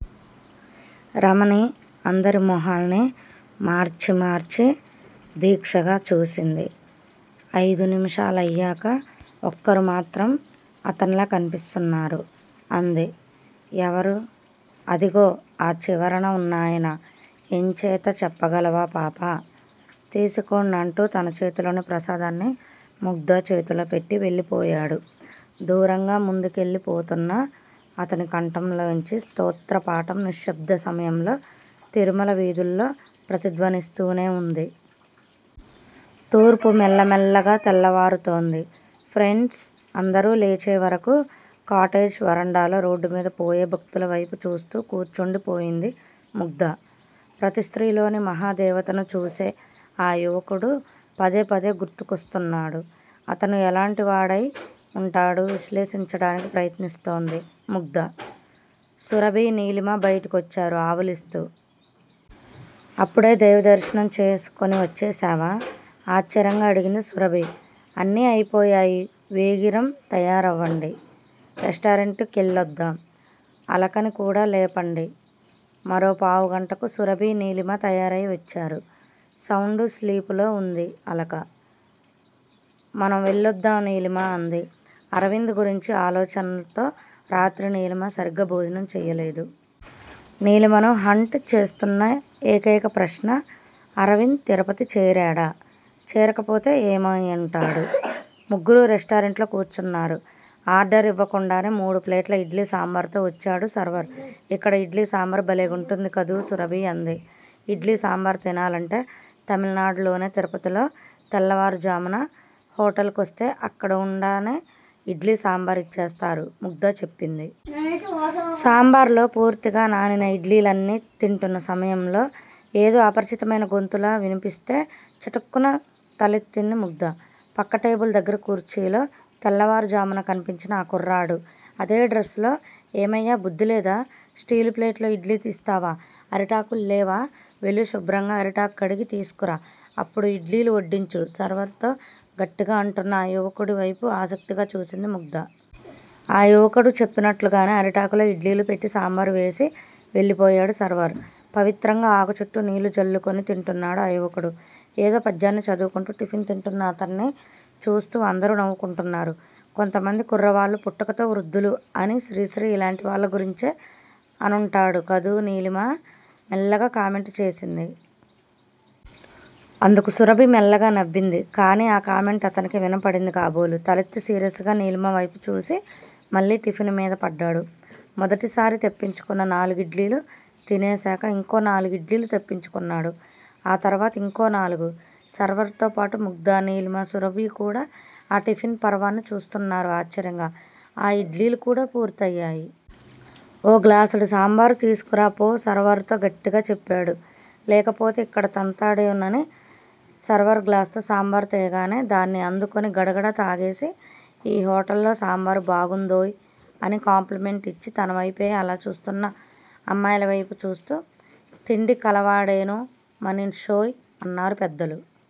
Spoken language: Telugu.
రమణి అందరి మొహాల్ని మార్చి మార్చి దీక్షగా చూసింది. అయిదు నిమిషాలయ్యాక ఒక్కరు మాత్రం అతన్లా కన్పిస్తున్నారు! అంది. ఎవరు? అదిగో ఆ చివరన ఉన్నాయన! ఎంచేత చెప్పగలవా పాపా? తీసుకోండి అంటూ తన చేతిలోని ప్రసాదాన్ని ముగ్ధ చేతిలో పెట్టి వెళ్లిపోయాడు. దూరంగా, ముందుకెళ్ళి పోతున్నా అతని కంఠంలోంచి స్తోత్రపాఠం నిశ్శబ్ద సమయంలో తిరుమల వీధుల్లో ప్రతిధ్వనిస్తూనే వుంది. తూర్పు మెల్లమెల్లగా తెల్లవారుతోంది. ఫ్రెండ్స్ అందరూ లేచేవరకూ కాటేజ్ వరండాలో రోడ్డుమీద పోయే భక్తులవైపు చూస్తూ కూర్చుండి పోయింది ముగ్ధ. ప్రతి స్త్రీలోని మహాదేవతను చూసే ఆ యువకుడు' పదే పదే గుర్తు కొస్తున్నాడు. అతను ఎలాంటివాడై వుంటాడు? విశ్లేషించడానికి ప్రయత్నిస్తోంది ముగ్ధ. సురభి, నీలిమ బయటకొచ్చారు ఆవులిస్తూ. అప్పుడే దైవదర్శనం చేసుకుని వచ్చేశావా! ఆశ్చర్యంగా అడిగింది సురభి. అన్నీ అయిపోయాయి వేగిరం తయారవండి. రెస్టారెంటు కెళ్ళొద్దాం. అలకని కూడా లేపండి. మరో పావుగంటకు సురభి, నీలిమ తయారయి వచ్చారు. సౌండ్ స్లీప్ లో వుంది అలక. మనం వెళ్ళొద్దాం నీలిమ అంది. అరవింద్ గురించి ఆలోచనతో రాత్రి నీలిమ సరిగ్గా భోజనం చెయ్యలేదు. నీలిమను హంట్ చేస్తున్న ఏకైక ప్రశ్న అరవింద్ తిరుపతి చేరాడా? చేరకపోతే ఏమైవుంటాడు? ముగ్గురూ రెస్టారెంట్లో కూర్చున్నారు. ఆర్డరివ్వకుండానే మూడు ప్లేట్ల ఇడ్లీ సాంబారుతో వచ్చాడు సర్వర్. ఇక్కడ ఇడ్లీ సాంబారు భలేగుంటుంది కదూ సురభి అంది. ఇడ్లీ సాంబారు తినాలంటే తమిళనాడులోనే, తిరుపతిలో తెల్లవారు ఝామున హోటల్ కొస్తే అక్కడుండానే ఇడ్లీ సాంబారిచ్చేస్తారు ముగ్ధ చెప్పింది. సాంబారులో పూర్తిగా నానిన ఇడ్లీలన్ని తింటున్న సమయంలో ఏదో అపరిచితమైన గొంతులా విన్పిస్తే చటుక్కున తలెత్తింది ముగ్ధ. పక్కటేబిల్ దగ్గర కుర్చీలో తెల్లవారు జామున కన్పించిన ఆ కుర్రాడు! అదే డ్రెస్ లో ఏమయ్యా బుద్దిలేదా, స్టీలుప్లేట్ లో ఇడ్లీ తీస్తావా అరిటాకుల్లేవా వెళ్లి శుభ్రంగా అరిటాకు కడిగి తీసుకురా అప్పుడు ఇడ్లీలు వడ్డించు సర్వర్ తో గట్టిగా అంటున్న ఆ యువకుడి వైపు ఆసక్తిగా చూసింది ముగ్ధ. ఆ యువకుడు చెప్పినట్లుగానే అరిటాకులో ఇడ్లీలు పెట్టి సాంబారు వేసి వెళ్లిపోయాడు సర్వర్. పవిత్రంగా ఆకు చుట్టూ నీళ్ళు జల్లుకుని తింటున్నాడు ఆ యువకుడు. ఏదో పద్యాన్ని చదువుకుంటూ టిఫిన్ తింటున్న అతన్ని చూస్తూ అందరూ నవ్వుకుంటున్నారు. కొంతమంది కుర్రవాళ్ళు పుట్టుకతో వృద్దులు అని శ్రీ శ్రీ ఇలాంటివాళ్ళ గురించే అనుంటాడు కదూ నీలిమ మెల్లగా కామెంట్ చేసింది. అందుకు సురభి మెల్లగా నవ్వింది. కానీ ఆ కామెంట్ అతనికి వినబడింది కాబోలు తలెత్తి సీరియస్ గా నీలిమవైపు చూసి మళ్ళీ టిఫిన్ మీద పడ్డాడు. మొదటిసారి తెప్పించుకున్న నాలుగిడ్లీలూ తినేసాక ఇంకో నాలుగు ఇడ్లీలు తెప్పించుకున్నాడు. ఆ తర్వాత ఇంకో నాలుగు. సర్వర్ తోపాటు ముగ్ధ, నీలిమ, సురభి, కూడా ఆ టిఫిన్ పర్వాన్ని చూస్తున్నారు ఆశ్చర్యంగా, ఆ ఇడ్లీలుకూడా పూర్తయ్యాయి ఓ గ్లాసుడు సాంబారు తీసుకురా పో సర్వర్ తో గట్టిగా చెప్పాడు లేకపోతే ఇక్కడ తంతాడోనని, సర్వర్ గ్లాసుతో సాంబారు తేగానే దాన్ని అందుకుని గడగడా తాగేసి, ఈ హోటల్లో సాంబారు బాగుందోయ్ అని కాంప్లిమెంట్ ఇచ్చి తన వైపే అలా చూస్తున్న అమ్మాయిల వైపు చూస్తూ, తిండి కలవాడేను మనిషోయ్ అన్నారు పెద్దలు.